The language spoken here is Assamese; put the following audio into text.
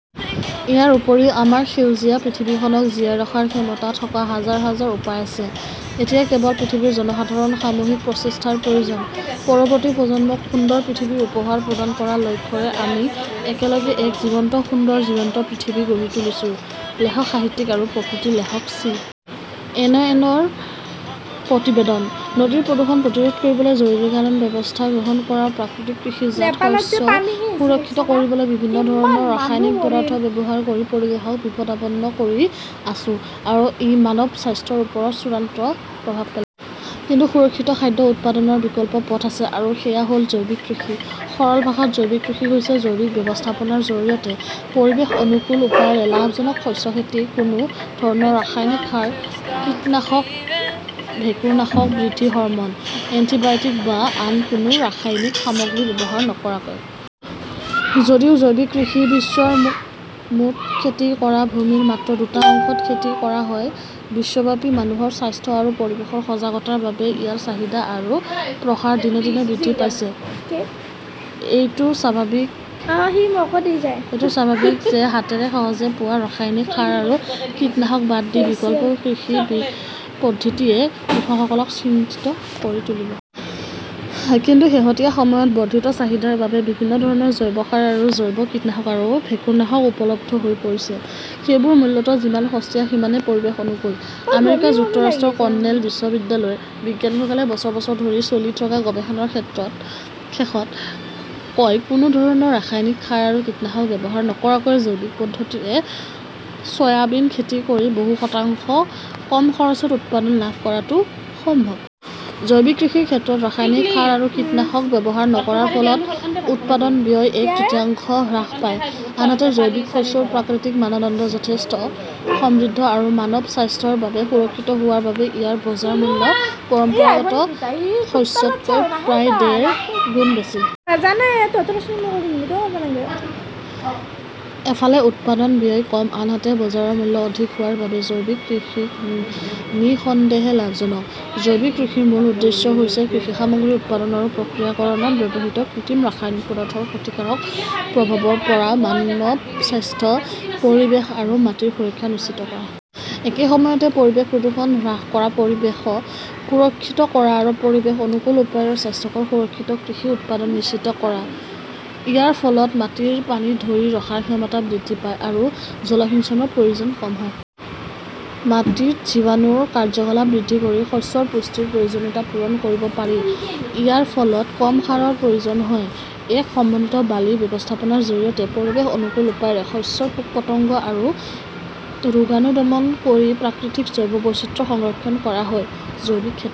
ইয়াৰ উপৰিও আমাৰ সেউজীয়া পৃথিৱীখনক জীয়াই ৰখাৰ ক্ষমতা থকা হাজাৰ হাজাৰ উপায় আছে। এতিয়া কেৱল পৃথিৱীৰ জনসাধাৰণৰ সামূহিক প্ৰচেষ্টাৰ প্ৰয়োজন। পৰৱৰ্তী প্ৰজন্মক সুন্দৰ পৃথিৱীৰ উপহাৰ প্ৰদান কৰাৰ লক্ষ্যৰে আমি একেলগে এক জীৱন্ত সুন্দৰ জীৱন্ত পৃথিৱী গঢ়ি তুলিছো-লেখক, সাহিত্যিক আৰু প্ৰকৃতিৰ লেখক চি. এন. এন. ৰ প্ৰতিবেদন। নদীৰ প্ৰদূষণ প্ৰতিৰোধ কৰিবলৈ জৰুৰীকালীন ব্যৱস্থা গ্ৰহণ কৰক আমি কৃষিজাত শস্য সুৰক্ষিত কৰিবলৈ বিভিন্ন ধৰণৰ ৰাসায়নিক পদাৰ্থ ব্যৱহাৰ কৰি পৰিৱেশক বিপদাপন্ন কৰি আছো। আৰু ই মানৱ স্বাস্থ্যৰ ওপৰত চূড়ান্ত প্ৰভাৱ পেলায়। কিন্তু সুৰক্ষিত খাদ্য উৎপাদনৰ বিকল্প পথ আছে, আৰু সেয়া হ'ল জৈৱিক কৃষি। সৰল ভাষাত জৈৱিক কৃষি হৈছে জৈৱিক ব্যৱস্থাপনাৰ জৰিয়তে পৰিৱেশ অনুকূল উপায়েৰে লাভজনক শস্য খেতি, কোনো ধৰণৰ ৰাসায়নিক সাৰ, কীটনাশক, ভেঁকুৰনাশক, বৃদ্ধি হৰম'ন, এণ্টিবায়'টিক বা আন কোনো ৰাসায়নিক সামগ্ৰী ব্যৱহাৰ নকৰাকৈ। যদিও জৈৱিক কৃষি বিশ্বৰ মুঠ খেতি কৰা ভূমিৰ মাত্ৰ দুটা অংশত খেতি কৰা হয়, বিশ্বব্যাপী মানুহৰ স্বাস্থ্য আৰু পৰিৱেশৰ সজাগতাৰ বাবে ইয়াৰ চাহিদা আৰু প্ৰসাৰ দিনে দিনে বৃদ্ধি পাইছে। এইটো স্বাভাৱিক যে হাতেৰে সহজে পোৱা ৰাসায়নিক সাৰ আৰু কীটনাশক বাদ দি বিকল্প কৃষি পদ্ধতিয়ে কৃষকসকলক চিন্তিত কৰি তুলিব। কিন্তু শেহতীয়া সময়ত বৰ্ধিত চাহিদাৰ বাবে বিভিন্ন ধৰণৰ জৈৱ সাৰ আৰু জৈৱ কীটনাশক আৰু ভেঁকুৰনাশক উপলব্ধ হৈ পৰিছে। সেইবোৰ মূল্যত যিমান সস্তীয়া সিমানেই পৰিৱেশ অনুকূল। আমেৰিকা যুক্তৰাষ্ট্ৰৰ কৰ্ণেল বিশ্ববিদ্যালয়ৰ বিজ্ঞানীসকলে বছৰ বছৰ ধৰি চলি থকা গৱেষণাৰ শেষত কয়-কোনো ধৰণৰ ৰাসায়নিক সাৰ আৰু কীটনাশক ব্যৱহাৰ নকৰাকৈ জৈৱিক পদ্ধতিৰে সয়াবিন খেতি কৰি বহু শতাংশ কম খৰচত উৎপাদন লাভ কৰাটো সম্ভৱ। জৈৱিক কৃষিৰ ক্ষেত্ৰত ৰাসায়নিক সাৰ আৰু কীটনাশক ব্যৱহাৰ নকৰাৰ ফলত উৎপাদন ব্যয় এক তৃতীয়াংশ হ্ৰাস পায়। আনহাতে জৈৱিক শস্যৰ প্ৰাকৃতিক মানদণ্ড যথেষ্ট সমৃদ্ধ আৰু মানৱ স্বাস্থ্যৰ বাবে সুৰক্ষিত হোৱাৰ বাবে ইয়াৰ বজাৰ মূল্য পৰম্পৰাগত শস্যতকৈ প্ৰায় ডেৰ গুণ বেছি। এফালে উৎপাদনৰ ব্যয় কম, আনহাতে বজাৰৰ মূল্য অধিক হোৱাৰ বাবে জৈৱিক কৃষি নিঃসন্দেহে লাভজনক। জৈৱিক কৃষিৰ মূল উদ্দেশ্য হৈছে কৃষি সামগ্ৰী উৎপাদন আৰু প্ৰক্ৰিয়াকৰণত ব্যৱহৃত কৃত্ৰিম ৰাসায়নিক পদাৰ্থৰ ক্ষতিকাৰক প্ৰভাৱৰ পৰা মানৱ স্বাস্থ্য, পৰিৱেশ আৰু মাটিৰ সুৰক্ষা নিশ্চিত কৰা। একে সময়তে, পৰিৱেশ প্ৰদূষণ হ্ৰাস কৰা, পৰিৱেশ সুৰক্ষিত কৰা আৰু পৰিৱেশ অনুকূল উপায়েৰে স্বাস্থ্যকৰ সুৰক্ষিত কৃষি উৎপাদন নিশ্চিত কৰা। ইয়াৰ ফলত মাটিৰ পানী ধৰি ৰখাৰ ক্ষমতা বৃদ্ধি পায় আৰু জলসিঞ্চনৰ প্ৰয়োজন কম হয়। মাটিত জীৱাণুৰ কাৰ্য্যকলাপ বৃদ্ধি কৰি শস্যৰ পুষ্টিৰ প্ৰয়োজনীয়তা পূৰণ কৰিব পাৰি। ইয়াৰ ফলত কম সাৰৰ প্ৰয়োজন হয়। এক সমন্বিত বালি ব্যৱস্থাপনাৰ জৰিয়তে পৰিৱেশ অনুকূল উপায়েৰে শস্যৰ পোক-পতংগ আৰু ৰোগাণু দমন কৰি প্ৰাকৃতিক জৈৱ বৈচিত্ৰ্য সংৰক্ষণ কৰা হয়। জৈৱিক খেতিৰ